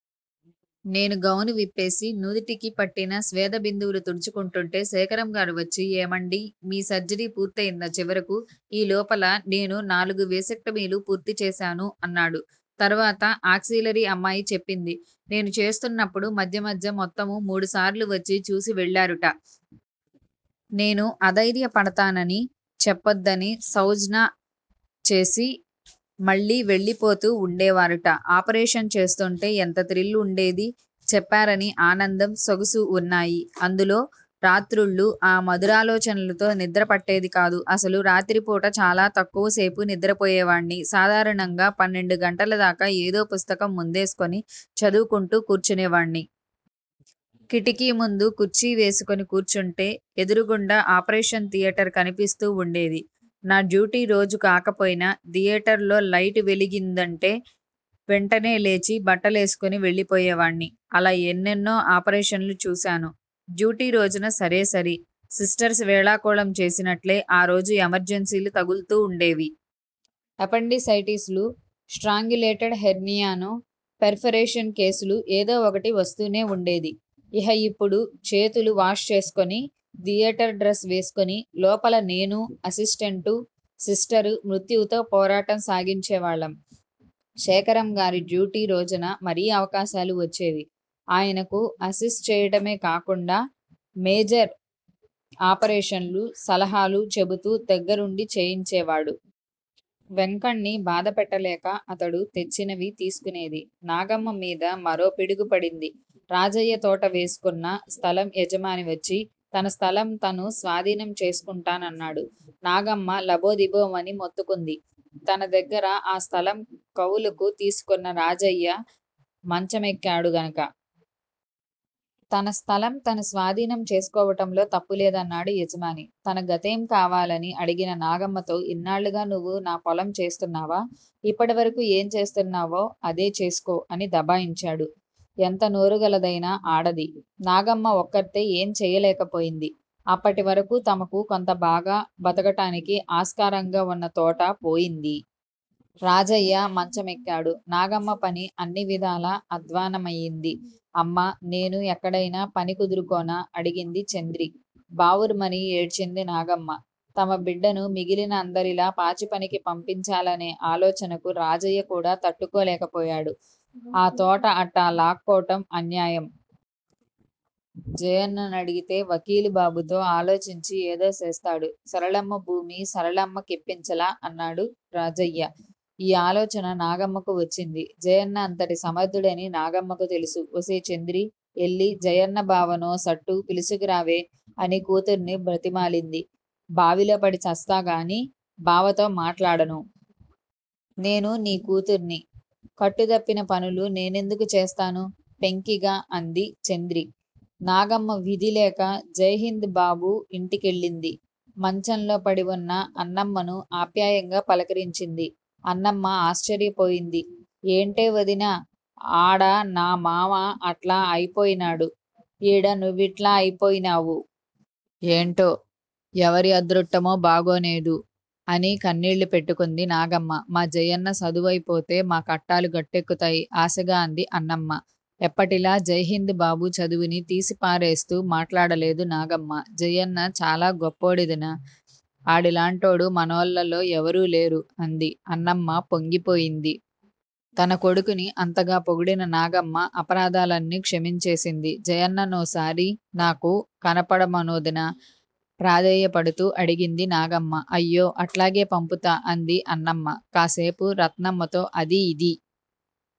నేను గౌను విప్పేసి, నుదిటికి పట్టిన స్వేద బిందువులు తుడుచుకుంటూంటే శేఖరం గారు వచ్చి ఏమండీ! మీ సర్జరీ పూర్తయిందా చివరకు? ఈ లోపల నేను నాలుగు వేసక్టమీలు పూర్తిచేశాను అన్నాడు. తర్వాత ఆక్సీలరీ అమ్మాయి చెప్పింది. నేను చేస్తున్నప్పుడు మధ్య మధ్య మొత్తం మూడుసార్లు వచ్చి చూసి వెళ్ళారుట. నేను అధైర్య పడతానని, చెప్పొద్దని సౌంజ్ఞ చేసి మళ్ళీ వెళ్ళిపోతూ వుండేవారుట. ఆపరేషన్ చేస్తుంటే ఎంత థ్రిల్ వుండేది! చెప్పరాని ఆనందం, సొగసు వున్నాయి అందులో. రాత్రుళ్ళు ఆ మధురాలోచనలతో నిద్ర పట్టేదికాదు. అసలు రాత్రిపూట చాలా తక్కువ సేపు నిద్రపోయేవాణ్ని. సాధారణంగా పన్నెండు గంటల దాకా ఏదో పుస్తకం ముందేసుకుని చదువుకుంటూ కూర్చునేవాణ్ని. కిటికీ ముందు కుర్చీ వేసుకుని కూర్చుంటే ఎదురుగుండా ఆపరేషన్ థియేటర్ కనిపిస్తూ వుండేది. నా డ్యూటీ రోజు కాకపోయినా, థియేటర్ లో లైటు వెలిగిందంటే వెంటనే లేచి బట్టలేసుకుని వెళ్ళి పోయేవాణ్ని. అలా ఎన్నో ఎన్నో ఆపరేషన్ లు చూశాను. డ్యూటీ రోజున సరేసరి. సిస్టర్స్ వేళాకోళం చేసినట్లే ఆ రోజు ఎమర్జన్సీలు తగుల్తూండేవి. ఎపెండిసైటిస్ లు, స్ట్రాంగ్యులేటెడ్ హెర్నియాన్, పెర్ ఫరేషన్ కేసులు ఏదో ఒకటి వస్తూనే వుండేది. ఇహ ఇప్పుడు చేతులు వాష్ చేసుకుని, థియేటర్ డ్రెస్ వేసుకుని, లోపల నేనూ, అసిస్టెంటూ, సిస్టర్, మృత్యువుతో పోరాటం సాగించే వాళ్ళం. శేఖరం గారి డ్యూటీ రోజున మరీ అవకాశాలు వచ్చేవి. ఆయనకు అసిస్ట్ చేయడమే గాకుండా మేజర్ ఆపరేషన్లు, సలహాలు చెబుతూ దగ్గరుండి చేయించేవాడు. వెంకణ్ని బాధ పెట్టలేక అతడు తెచ్చినవి తీసుకునేది. నాగమ్మ మీద మరో పిడుగు పడింది. రాజయ్య తోట వేసుకున్న స్థలం యజమాని వచ్చి తన స్థలం తను స్వాధీనం చేసుకుంటానన్నాడు. నాగమ్మ లబోదిబోమని మొత్తుకుంది! తన దగ్గర ఆ స్థలం కవులుకు తీసుకున్న రాజయ్య మంచమెక్కాడు గనుక. తన స్థలం తను స్వాధీనం చేసుకోవటములో తప్పు లేదన్నాడు యజమాని తన గతేం కావాలని అడిగిన నాగమ్మతో ఇన్నాళ్ళు నువ్వు నా పొలం చేస్తున్నావా? ఇప్పటివరకూ ఏం చేస్తున్నావో అదే చేసుకో అని దబాయించాడు. ఎంత నోరుగలదైనా ఆడది! నాగమ్మ ఒక్కర్తే ఏం చెయ్యలేకపోయింది. అప్పటివరకూ తమకు కొంత బాగా బతకటానికి ఆస్కారంగా ఉన్న తోట పోయింది. రాజయ్య మంచమెక్కాడు, నాగమ్మపని అన్ని విధాలా అధ్వాన్నమయింది! అమ్మా! నేను ఎక్కడయినా పని కుదురుకోనా? అడిగింది చంద్రి. బావురుమని ఏడ్చింది నాగమ్మ. తమ బిడ్డని మిగిలిన అందరిలా పాచి పనికి పంపించాలనే ఆలోచనకు రాజయ్య కూడా తట్టుకోలేక పోయాడు. ఆ తోట అట్టా లాక్కోటం అన్యాయం. జయన్ననడిగితే వకీలు బాబుతో ఆలోచించి ఏదో సేస్తాడు. సరళమ్మ భూమి సరళమ్మకిప్పించలా? అన్నాడు రాజయ్య. ఈ ఆలోచన నాగమ్మకి వచ్చింది. జయన్న అంతటి సమర్ధుడని నాగమ్మకీ తెలుసు. ఒసేయ్! చంద్రీ! యెల్లి జయన్న బావనో సుట్టు పిలుసుకు రావే! అని కూతుర్ని బ్రతిమాలింది. బావిలో పడి చస్తా కాని బావతో మాట్లాడను. నేను నీ కూతుర్ని. కట్టుదప్పిన పనులు నేనెందుకు చేస్తాను? పెంకిగా అంది చంద్రి. నాగమ్మ విధి లేక జైహింద్ బాబు ఇంటికెళ్ళింది. మంచంలో పడివున్న అన్నమ్మను ఆప్యాయంగా పలకరించింది. అన్నమ్మ ఆశ్చర్యపోయింది. ఏంటే వదినా, ఆడ నా మావ అట్లా అయిపోయినాడు. ఈడ నువ్విట్లా అయిపోయినావు. ఏంటో ఎవరి అదురుట్టమూ బాగోనేదు అని కన్నీళ్ళు పెట్టుకుంది నాగమ్మ. మా జయన్న సదువయిపోతే మా కట్టాలు గట్టెక్కుతయి ఆశగా అంది అన్నమ్మ. ఎప్పటిలా జైహింద్ బాబు చదువుని తీసి పారేస్తూ మాట్లాడలేదు నాగమ్మ. జయన్న చాలా గొప్పోడొదినా! ఆడిలాంటోడు మనోల్లలో ఎవరులేరు అంది. అన్నమ్మ పొంగిపోయింది. తన కొడుకుని అంతగా పొగిడిన నాగమ్మ అపరాధాలన్నీ క్షమించేసింది. జయన్ననోసారి నాకు కనపడమనొదినా! ప్రాధేయపడుతూ అడిగింది నాగమ్మ. అయ్యో! అట్లాగే పంపుతా! అంది అన్నమ్మ. కాసేపు రత్నమ్మతో అదీ ఇదీ